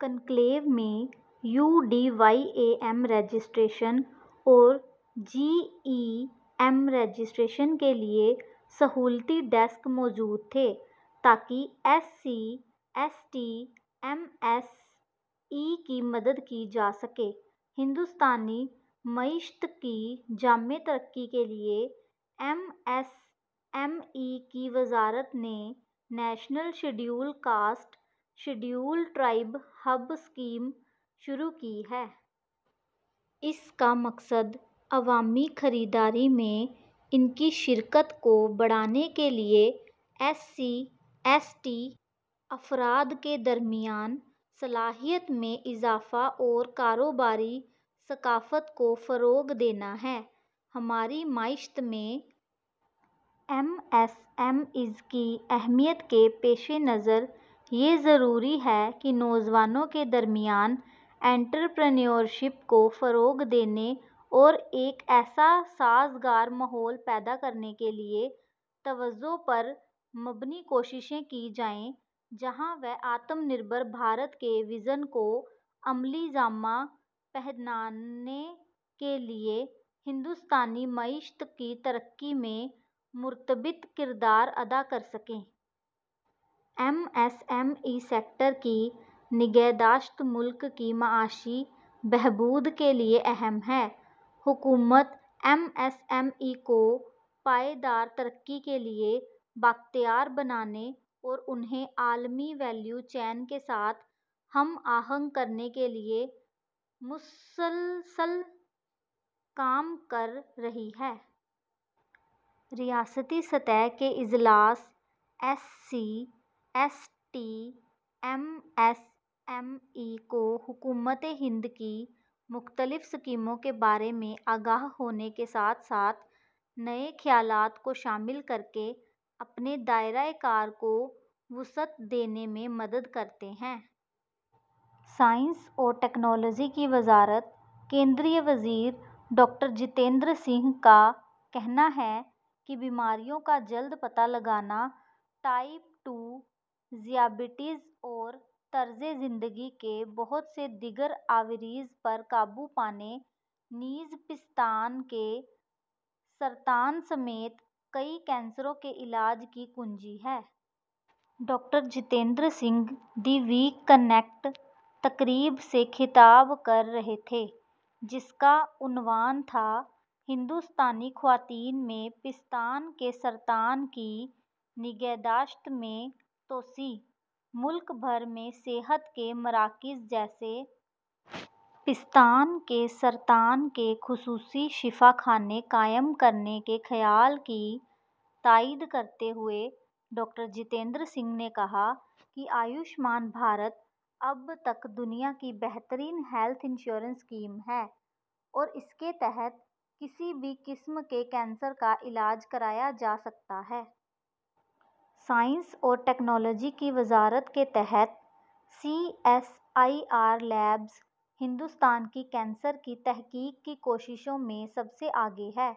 Conclave میں U D Y A M registration اور G E M registration کے لیے سہولتی ڈیسک موجود تھے تاکہ S C, S T M S E کی مدد کی جا سکے۔ ہندوستانی معیشت کی جامع ترقی کے لیے، ایم ایس ایم ای کی وزارت نے national scheduled caste scheduled tribe hub scheme شروع کی ہے۔ اس کا مقصد عوامی خریداری میں ان کی شرکت کو بڑھانے کے لیے ایس سی، ایس ٹی افراد کے درمیان صلاحیت میں اضافہ اور کاروباری ثقافت کو فروغ دینا ہے۔ ہماری معیشت میں ایم ایس ایم ایز کی اہمیت کے پیش نظر، یہ ضروری ہے کہ نوجوانوں کے درمیان انٹرپرینیورشپ کو فروغ دینے اور ایک ایسا سازگار ماحول پیدا کرنے کے لیے توجہ پر مبنی کوششیں کی جائیں، جہاں وہ آتم نربھر بھارت کے وژن کو عملی جامہ پہنانے کے لیے ہندوستانی معیشت کی ترقی میں مربوط کردار ادا کر سکیں۔ M S M E sector کی نگہداشت ملک کی معاشی بہبود کے لیے اہم ہے۔ حکومت ایم ایس ایم ایز کو پائیدار ترقی کے لیے بااختیار بنانے اور انہیں عالمی ویلیو چین کے ساتھ ہم آہنگ کرنے کے لیے مسلسل کام کر رہی ہے۔ ریاستی سطح کے اجلاس S C, S T M S M Es کو حکومت ہند کی مختلف اسکیموں کے بارے میں آگاہ ہونے کے ساتھ ساتھ نئے خیالات کو شامل کرکے اپنے دائرہ کار کو وسعت دینے میں مدد کرتے ہیں۔ سائنس اور ٹیکنالوجی کی وزارت مرکزی وزیر ڈاکٹر جتیندر سنگھ کا کہنا ہے کہ بیماریوں کا جلد پتہ لگانا ٹائپ ٹو ذیابیطس اور طرز زندگی کے بہت سے دیگر عوارض پر قابو پانے نیز پستان کے سرطان سمیت کئی کینسروں کے علاج کی کلید ہے۔ Doctor Jitendra Singh the week connect تقریب سے خطاب کر رہے تھے، جس کا عنوان تھا، "ہندوستانی خواتین میں پستان کے سرطان کی نگہداشت میں توسیع"۔ ملک بھر میں صحت کے مراکز جیسے پستان کے سرطان کے خصوصی شفا خانے قائم کرنے کے خیال کی تائید کرتے ہوئے ڈاکٹر جتیندر سنگھ نے کہا کہ آیوشمان بھارت اب تک دنیا کی بہترین ہیلتھ انشورنس اسکیم ہے اور اس کے تحت کسی بھی قسم کے کینسر کا علاج کرایا جا سکتا ہے۔ سائنس اور ٹیکنالوجی کی وزارت کے تحت C S I R labs Hindustan کی کینسر کی تحقیق کی کوششوں میں سب سے آگے ہیں۔